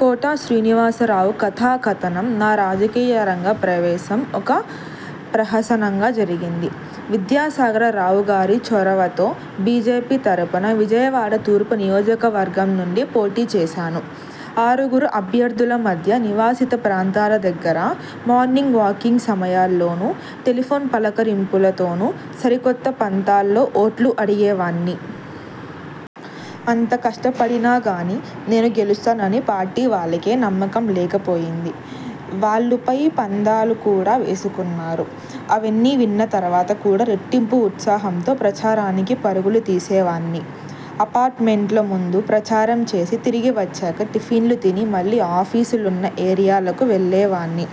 కోట శ్రీనివాసరావు కథాకథనం నా రాజకీయరంగ ప్రవేశం ఒక ప్రహసనంగా జరిగింది. విద్యాసాగరరావుగారి చొరవతో బి. జె. పి తరపున విజయవాడ తూర్పు నియోజకవర్గం నుండి పోటీ చేశాను. ఆరుగురు ఆభ్యర్థుల మధ్య నివాసిత ప్రాంతాల దగ్గర, మార్నింగ్ వాకింగ్ సమయాల్లోనూ, టెలిఫోన్ పలకరింపులతోనూ సరికొత్త పంథాలో ఓట్లు అడిగేవాణ్ణి. అంత కష్టపడినాగానీ నేను గెలుస్తానని పార్టీ వాళ్ళకే నమ్మకం లేకపోయింది. వాళ్ళు పై పందాలు కూడా వేసుకున్నారు. అవన్నీ విన్న తర్వాత కూడా రెట్టింపు ఉత్సాహంతో ప్రచారానికి పరుగులు తీసేవాణ్ణి. అపార్ట్మెంట్ల ముందు ప్రచారంచేసి తిరిగివచ్చాక టిఫిన్లు తిని మళ్ళీ ఆఫీసులున్న ఏరియాలకు వెళ్ళేవాణ్ణి.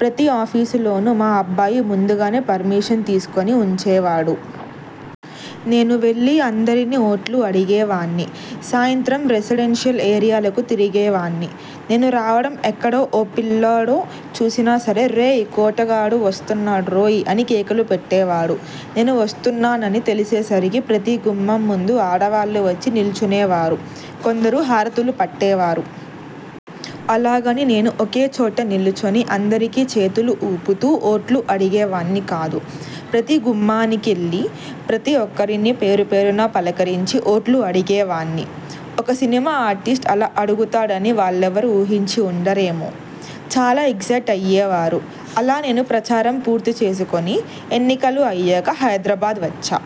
ప్రతి ఆఫీసులోనూ మా అబ్బాయి ముందుగానే పర్మిషన్ తీసుకుని ఉంచేవాడు. నేనువెళ్ళి అందరినీ ఓట్లు అడిగేవాణ్ణి. సాయంత్రం రెసిడెన్షియల్ ఏరియాలకు తిరిగేవాణ్ణి. నేను రావడం ఎక్కడో ఓ పిల్లాడో చూసినా సరే 'రేయ్.. కోటగాడు వస్తున్నాడ్రోయ్' అని కేకలు పెట్టేవాడు. నేను వస్తున్నానని తెలిసేసరికి ప్రతి గుమ్మం ముందు ఆడవాళ్లు వచ్చి నిలుచునేవారు. కొందరు హారతులు పట్టేవారు. అలాగని నేను ఒకేచోట నిలుచుని అందరికీ చేతులు ఊపుతూ ఓట్లు అడిగేవాణ్ణి కాదు. ప్రతి గుమ్మానికీవెళ్ళి ప్రతి ఒక్కరినీ పేరుపేరునా పలకరించి ఓట్లు అడిగేవాణ్ణి. ఒక సినిమా ఆర్టిస్ట్ అలా అడుగుతాడని వాళ్ళెవరూ ఊహించి ఉండరేమో. చాలా ఎగ్జయిట్ అయ్యేవారు. అలా నేను ప్రచారం పూర్తిచేసుకుని, ఎన్నికలు అయ్యాక హైదరాబాద్ వచ్చా.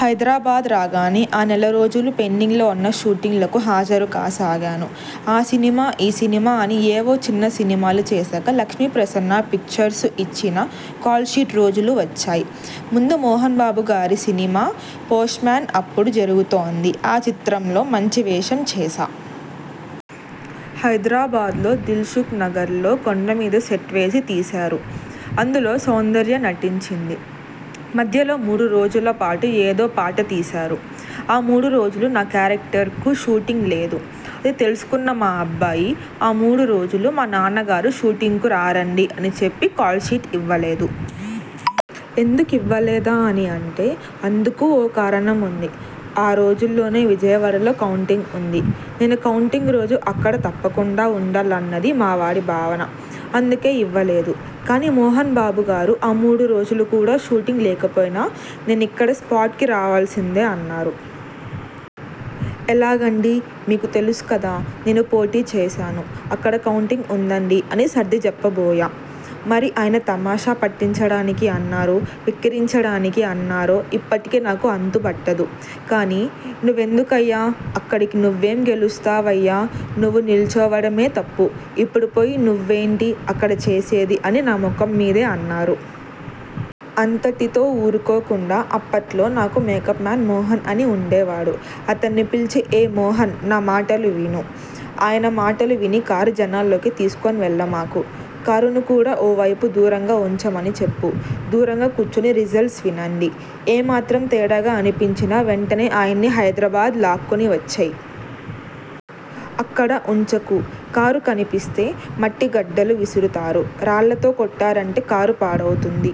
హైదరాబాద్ రాగానే ఆ నెల రోజులూ పెండింగ్లో ఉన్న షూటింగ్లకు హాజరుకాసాగాను. ఆ సినిమా, ఈ సినిమా అని, ఏవో చిన్న సినిమాలు చేశాక లక్ష్మీప్రసన్న పిక్చర్స్కు ఇచ్చిన కాల్షీట్ రోజులు వచ్చాయి. మంచు మోహన్బాబుగారి సినిమా 'పోస్ట్మేన్' అప్పుడు జరుగుతోంది. ఆ చిత్రంలో మంచి వేషం చేశా. హైదరాబాద్లో దిల్సుఖ్నగర్లో కొండమీద సెట్ వేసి తీశారు. అందులో సౌందర్య నటించింది. మధ్యలో మూడురోజులపాటు ఏదో పాట తీశారు. ఆ మూడు రోజులు నా కేరెక్టర్కు షూటింగ్ లేదు. అది తెలుసుకున్న మా అబ్బాయి'ఆ మూడు రోజులు మా నాన్నగారు షూటింగ్కు రారండీ' అని చెప్పి కాల్షీట్ ఇవ్వలేదు. ఎందుకివ్వలేదా? అని అంటే.. అందుకూ ఓ కారణం ఉంది. ఆ రోజుల్లోనే విజయవాడలో కౌంటింగ్ ఉంది. నేను కౌంటింగ్రోజు అక్కడ తప్పకుండా ఉండాలన్నది మావాడి భావన. అందుకే ఇవ్వలేదు. కానీ మోహన్బాబుగారు ఆ మూడు రోజులు కూడా షూటింగ్ లేకపోయినా నేనిక్కడ స్పాట్కి రావాల్సిందే అన్నారు. 'ఎలాగండి.. మీకు తెలుసుకదా.. నేను పోటీ చేశాను. అక్కడ కౌంటింగ్ ఉందండీ' అని సర్దిచెప్పబోయా.. మరి ఆయన తమాషా పట్టించడానికి అన్నారో.. వెక్కిరించడానికి అన్నారో ఇప్పటికీ నాకు అంతుబట్టదు కానీ'నువ్వెందుకయ్యా అక్కడికినువ్వేం గెలుస్తావయ్యా.. నువ్వు నిలుచోవడమే తప్పు. ఇప్పుడు పోయి నువ్వేంటి అక్కడ చేసేది' అని నా ముఖం మీదే అన్నారు. అంతటితో ఊరుకోకుండా అప్పట్లో నాకు మేకప్మేన్ మోహన్ అని ఉండేవాడు.. అతన్ని పిలిచి 'ఏయ్ మోహన్నా మాటలు విను. ఆయన మాటలు విని కారు జనాల్లోకి తీసుకెళ్ళమాకు. కారును కూడా ఓ వైపు దూరంగా ఉంచమని చెప్పు. దూరంగా కూర్చుని రిజల్స్ వినండి. ఏమాత్రం తేడాగా అనిపించినా వెంటనే ఆయన్ని హైదరాబాద్ లాక్కుని వచ్చెయ్. అక్కడ ఉంచకు. కారు కనిపిస్తే మట్టిగడ్డలు విసురుతారు. రాళ్ళతో కొట్టారంటే కారు పాడవుతుంది..